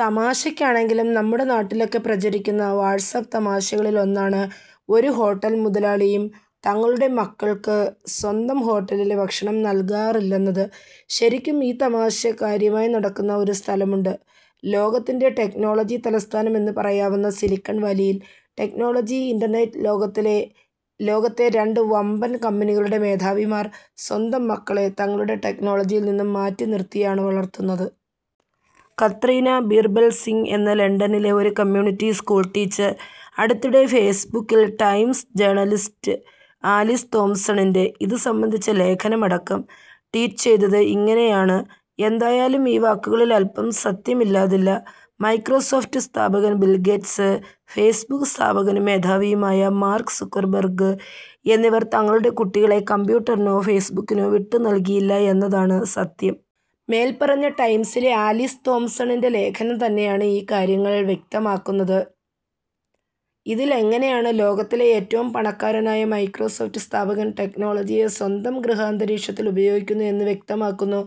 തമാശയ്ക്കാണെങ്കിലും നമ്മുടെ നാട്ടിലൊക്കെ പ്രചരിക്കുന്ന വാട്ട്സ്ആപ്പ് തമാശകളിൽ ഒന്നാണ് ഒരു ഹോട്ടൽ മുതലാളിയും തങ്ങളുടെ മക്കൾക്ക് സ്വന്തം ഹോട്ടലിലെ ഭക്ഷണം നൽകാറില്ലെന്നത്. ശരിക്കും ഈ തമാശകാര്യമായി നടക്കുന്ന ഒരു സ്ഥലമുണ്ട്, ലോകത്തിൻറെ ടെക്നോളജി തലസ്ഥാനം എന്ന് പറയാവുന്ന സിലിക്കൺവാലിയിൽ. ടെക്നോളജി, ഇൻറർനെറ്റ് ലോകത്തെ രണ്ട് വമ്പൻ കമ്പനികളുടെ മേധാവിമാർ സ്വന്തം മക്കളെ തങ്ങളുടെ ടെക്നോളജിയിൽ നിന്നും മാറ്റിനിർത്തിയാണ് വളർത്തുന്നത്. കത്രീന ബീർബൽ സിംഗ് എന്ന ലണ്ടനിലെ ഒരു കമ്യൂണിറ്റി സ്കൂൾ ടീച്ചർ അടുത്തിടെ ഫേസ്ബുക്കിൽ ടൈംസ് ജേർണലിസ്റ്റ് ആലീസ് തോംസണിൻറെ ഇത് സംബന്ധിച്ച ലേഖനം അടക്കം ട്വീറ്റ് ചെയ്തത് ഇങ്ങനെയാണ് എന്തായാലും ഈ വാക്കുകളിൽ അൽപ്പം സത്യം ഇല്ലാതില്ല. മൈക്രോസോഫ്റ്റ് സ്ഥാപകൻ ബിൽ ഗേറ്റ്സ്, ഫേസ്ബുക്ക് സ്ഥാപകനും മേധാവിയുമായ മാർക്ക് സുക്കർബർഗ് എന്നിവർ തങ്ങളുടെ കുട്ടികളെ കമ്പ്യൂട്ടറിനോ ഫേസ്ബുക്കിനോ വിട്ടുനൽകിയിട്ടില്ല എന്നതാണ് സത്യം. മേൽപ്പറഞ്ഞ ടൈംസിലെ ആലീസ് തോംസണിൻറെ ലേഖനം തന്നെയാണ് ഈ കാര്യങ്ങൾ വ്യക്തമാക്കുന്നത്. ഇതിൽ എങ്ങനെയാണ് ലോകത്തിലെ ഏറ്റവും പണക്കാരനായ മൈക്രോസോഫ്റ്റ് സ്ഥാപകൻ ടെക്നോളജിയെ സ്വന്തം ഗൃഹാന്തരീക്ഷത്തിൽ ഉപയോഗിക്കുന്നു എന്ന് വ്യക്തമാക്കുന്നു.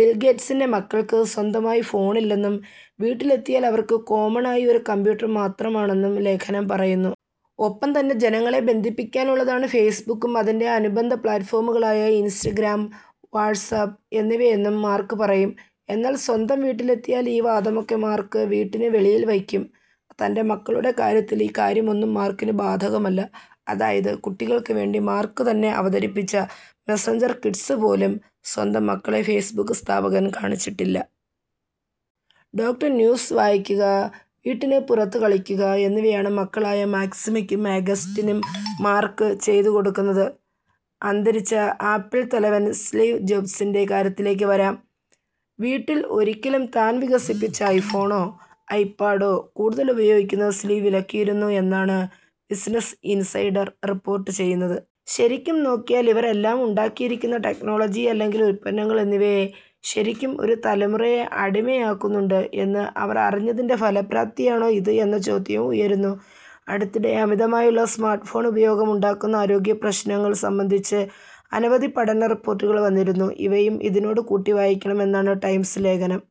ബിൽഗേറ്റ്സിൻറെ മക്കൾക്ക് സ്വന്തമായി ഫോണില്ലെന്നും, വീട്ടിൽ എത്തിയാൽ അവർക്ക് കോമണായി ഒരു കമ്പ്യൂട്ടർ മാത്രമാണെന്ന് ലേഖനം പറയുന്നു. ഒപ്പം തന്നെ ജനങ്ങളെ ബന്ധിപ്പിക്കാനുള്ളതാണ് ഫേസ്ബുക്കും, അതിൻറെ അനുബന്ധ പ്ലാറ്റ്ഫോമുകളായ ഇൻസ്റ്റഗ്രാം, വാട്ട്സ്ആപ്പ് എന്നിവയെന്നും മാർക്ക് പറയും. എന്നാൽ സ്വന്തം വീട്ടിലെത്തിയാൽ ഈ വാദമൊക്കെ മാർക്ക് വീട്ടിന് വെളിയിൽ വയ്ക്കും. തൻറെ മക്കളുടെ കാര്യത്തിൽ ഈ കാര്യമൊന്നും മാർക്കിന് ബാധകമല്ല. അതായത് കുട്ടികൾക്ക് വേണ്ടി മാർക്ക് തന്നെ അവതരിപ്പിച്ച മെസഞ്ചർ കിഡ്സ് പോലും സ്വന്തം മക്കളെ ഫേസ്ബുക്ക് സ്ഥാപകൻ കാണിച്ചിട്ടില്ല. ഡോ. സ്യൂസ് വായിക്കുക, വീട്ടിന് പുറത്ത് കളിക്കുക എന്നിവയാണ് മക്കളായ മാക്സിമയ്ക്കും, ആഗസ്റ്റിനും മാർക്ക് ചെയ്ത് കൊടുക്കുന്നത്. അന്തരിച്ച ആപ്പിൾ തലവൻ സ്റ്റീവ് ജോബ്സിൻറെ കാര്യത്തിലേക്ക് വരാം. വീട്ടിൽ ഒരിക്കലും താൻ വികസിപ്പിച്ച ഐഫോണോ, ഐപാഡോ കൂടുതൽ ഉപയോഗിക്കുന്നത് സ്റ്റീവ് വിലക്കിയിരുന്നു എന്നാണ് ബിസിനസ് ഇൻസൈഡർ റിപ്പോർട്ട് ചെയ്യുന്നത്. ശരിക്കും നോക്കിയാൽ ഇവർ എല്ലാം ഉണ്ടാക്കിയിരിക്കുന്ന ടെക്നോളജി, അല്ലെങ്കിൽ ഉത്പന്നങ്ങൾ എന്നിവ ശരിക്കും ഒരു തലമുറയെ അടിമയാക്കുന്നുണ്ട് എന്ന് അവർ അറിഞ്ഞതിൻറെ ഫലപ്രാപ്തിയാണോ ഇത് എന്ന ചോദ്യവും ഉയരുന്നു. അടുത്തിടെ അമിതമായുള്ള സ്മാർട്ട്ഫോൺ ഉപയോഗം ഉണ്ടാക്കുന്ന ആരോഗ്യപ്രശ്നങ്ങൾ സംബന്ധിച്ച് അനവധി പഠന റിപ്പോർട്ടുകൾ വന്നിരുന്നു ഇവയും ഇതിനോട് കൂട്ടിവായിക്കണം എന്നാണ് ടൈംസ് ലേഖനം